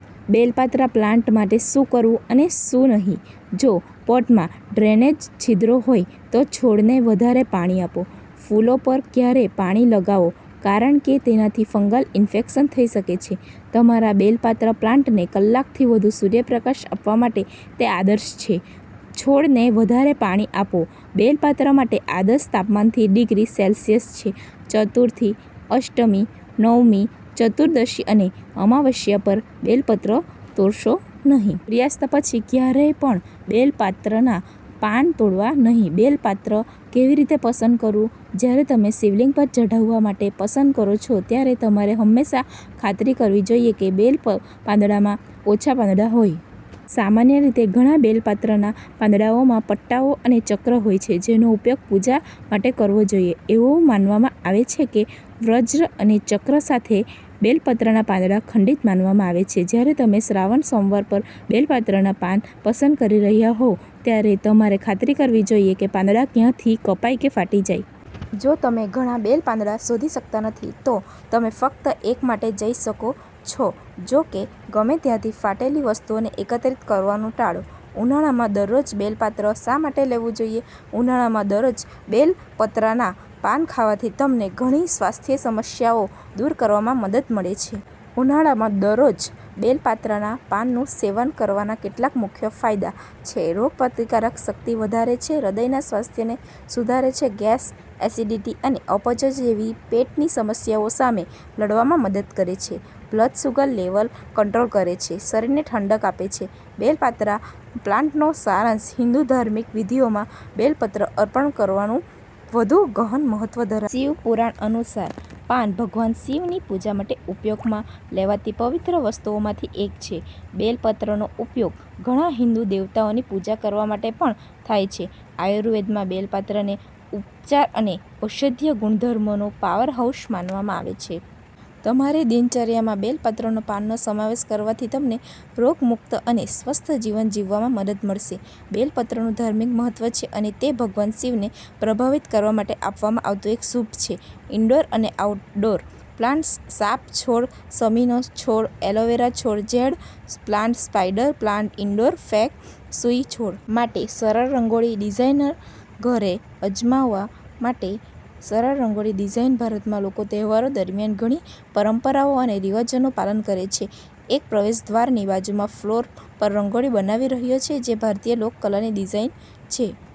બેલ પાત્રા પ્લાન્ટ માટે શું કરવું અને શું નહીં જો પોટમાં ડ્રેનેજ છિદ્રોહોય તો છોડને વધારે પાણીઆપો. ફૂલો પર ક્યારેય પાણીલગાવો કારણ કે તેનાથી ફંગલ ઇન્ફેક્શન થઈ શકે છે તમારા બેલ પાત્ર પ્લાન્ટને કલાકથી વધુ સૂર્યપ્રકાશ આપવા માટે તે આદર્શ છે છોડને વધારે પાણીઆપો બેલ પાત્રા માટે આદર્શ તાપમાન થી -ડિગ્રી સેલ્સિયસ છે ચતુર્થી, અષ્ટમી, નવમી, ચતુર્દશી અને અમાવસ્યા પર બેલ પત્ર તોડશો નહીં. સૂર્યાસ્ત પછી ક્યારેય પણ બેલ પાત્રના પાન તોડવા નહીં બેલ પાત્ર કેવી રીતે પસંદ કરવું? જ્યારે તમે શિવલિંગ પર ચઢાવવા માટે પસંદ કરો છો ત્યારે તમારે હંમેશા ખાતરી કરવી જોઈએ કે બેલના પાંદડામાં ઓછા પાંદડા હોય. સામાન્ય રીતે, ઘણા બેલ પાત્રના પાંદડાઓમાં પટ્ટાઓ અને ચક્ર હોય છે જેનો ઉપયોગ પૂજા માટેકરવો જોઈએ. એવું માનવામાં આવે છે કે વજ્ર અને ચક્ર સાથે બેલપત્રના પાંદડા ખંડિત માનવામાં આવે છે. જ્યારે તમે શ્રાવણ સોમવાર પર બેલ પાત્રના પાન પસંદ કરી રહ્યા હોવ, ત્યારે તમારે ખાતરી કરવી જોઈએ કે પાંદડા ક્યાંયથી કપાઈ કે ફાટીજાય. જો તમે ઘણા બેલ પાંદડા શોધી શકતા નથી, તો તમે ફક્ત એક માટે જઈ શકો છોજો કે, ગમે ત્યાંથી ફાટેલી વસ્તુઓને એકત્રિત કરવાનું ટાળો. ઉનાળામાં દરરોજ બેલ પાત્ર શા માટે લેવું જોઈએ? ઉનાળામાં દરરોજ બેલ પત્રાના પાન ખાવાથી તમને ઘણી સ્વાસ્થ્ય સમસ્યાઓ દૂર કરવામાં મદદ મળે છે. ઉનાળામાં દરરોજ બેલ પાત્રાના પાનનું સેવન કરવાનાકેટલાક મુખ્ય ફાયદા છેરોગપ્રતિકારક શક્તિ વધારે છે હૃદયના સ્વાસ્થ્યને સુધારે છે ગેસ, એસિડિટી અને અપચો જેવી પેટની સમસ્યાઓ સામે લડવામાં મદદ કરે છે બ્લડ શુગર લેવલ કંટ્રોલ કરે છે શરીરને ઠંડક આપે છે બેલ પાત્રા પ્લાન્ટનો સારાંશ હિંદુ ધાર્મિક વિધિઓમાં બેલ પત્ર અર્પણ કરવાનું વધુ ગહન મહત્વ ધરાવે છે. શિવપુરાણ અનુસાર, પાન ભગવાન શિવની પૂજા માટે ઉપયોગમાં લેવાતીપવિત્ર વસ્તુઓમાંથી એક છે. બેલ પાત્રનો ઉપયોગ ઘણા હિંદુ દેવતાઓની પૂજા કરવા માટે પણ થાય છે. આયુર્વેદમાં, બેલ પાત્રને ઉપચાર અને ઔષધીય ગુણધર્મોનું પાવરહાઉસ માનવામાં આવે છે. તમારી દિનચર્યામાં બેલ પાત્રના પાનનો સમાવેશ કરવાથી તમને રોગમુક્ત અને સ્વસ્થ જીવન જીવવામાં મદદ મળશે. બેલ પત્રનું ધાર્મિક મહત્વ છે અને તે ભગવાન શિવને પ્રભાવિત કરવા માટે આપવામાં આવતું એક શુભ છે. ઇન્ડોર અને આઉટડોર પ્લાન્ટ્સ સાપ છોડ શમીનો છોડ એલોવેરા છોડ jade plant spider plant indoor feng shui છોડ+.. માટે સરળ રંગોળી ડિઝાઇનઘરે અજમાવવા માટે સરળ રંગોળી ડિઝાઇન ભારતમાં, લોકો તહેવારો દરમિયાન ઘણી પરંપરાઓ અને રિવાજોનું પાલન કરે છે. એક પ્રવેશદ્વારની બાજુમાં ફ્લોર પર રંગોળી બનાવી રહ્યો છે, જે ભારતીય લોક કલાની ડિઝાઇન છે.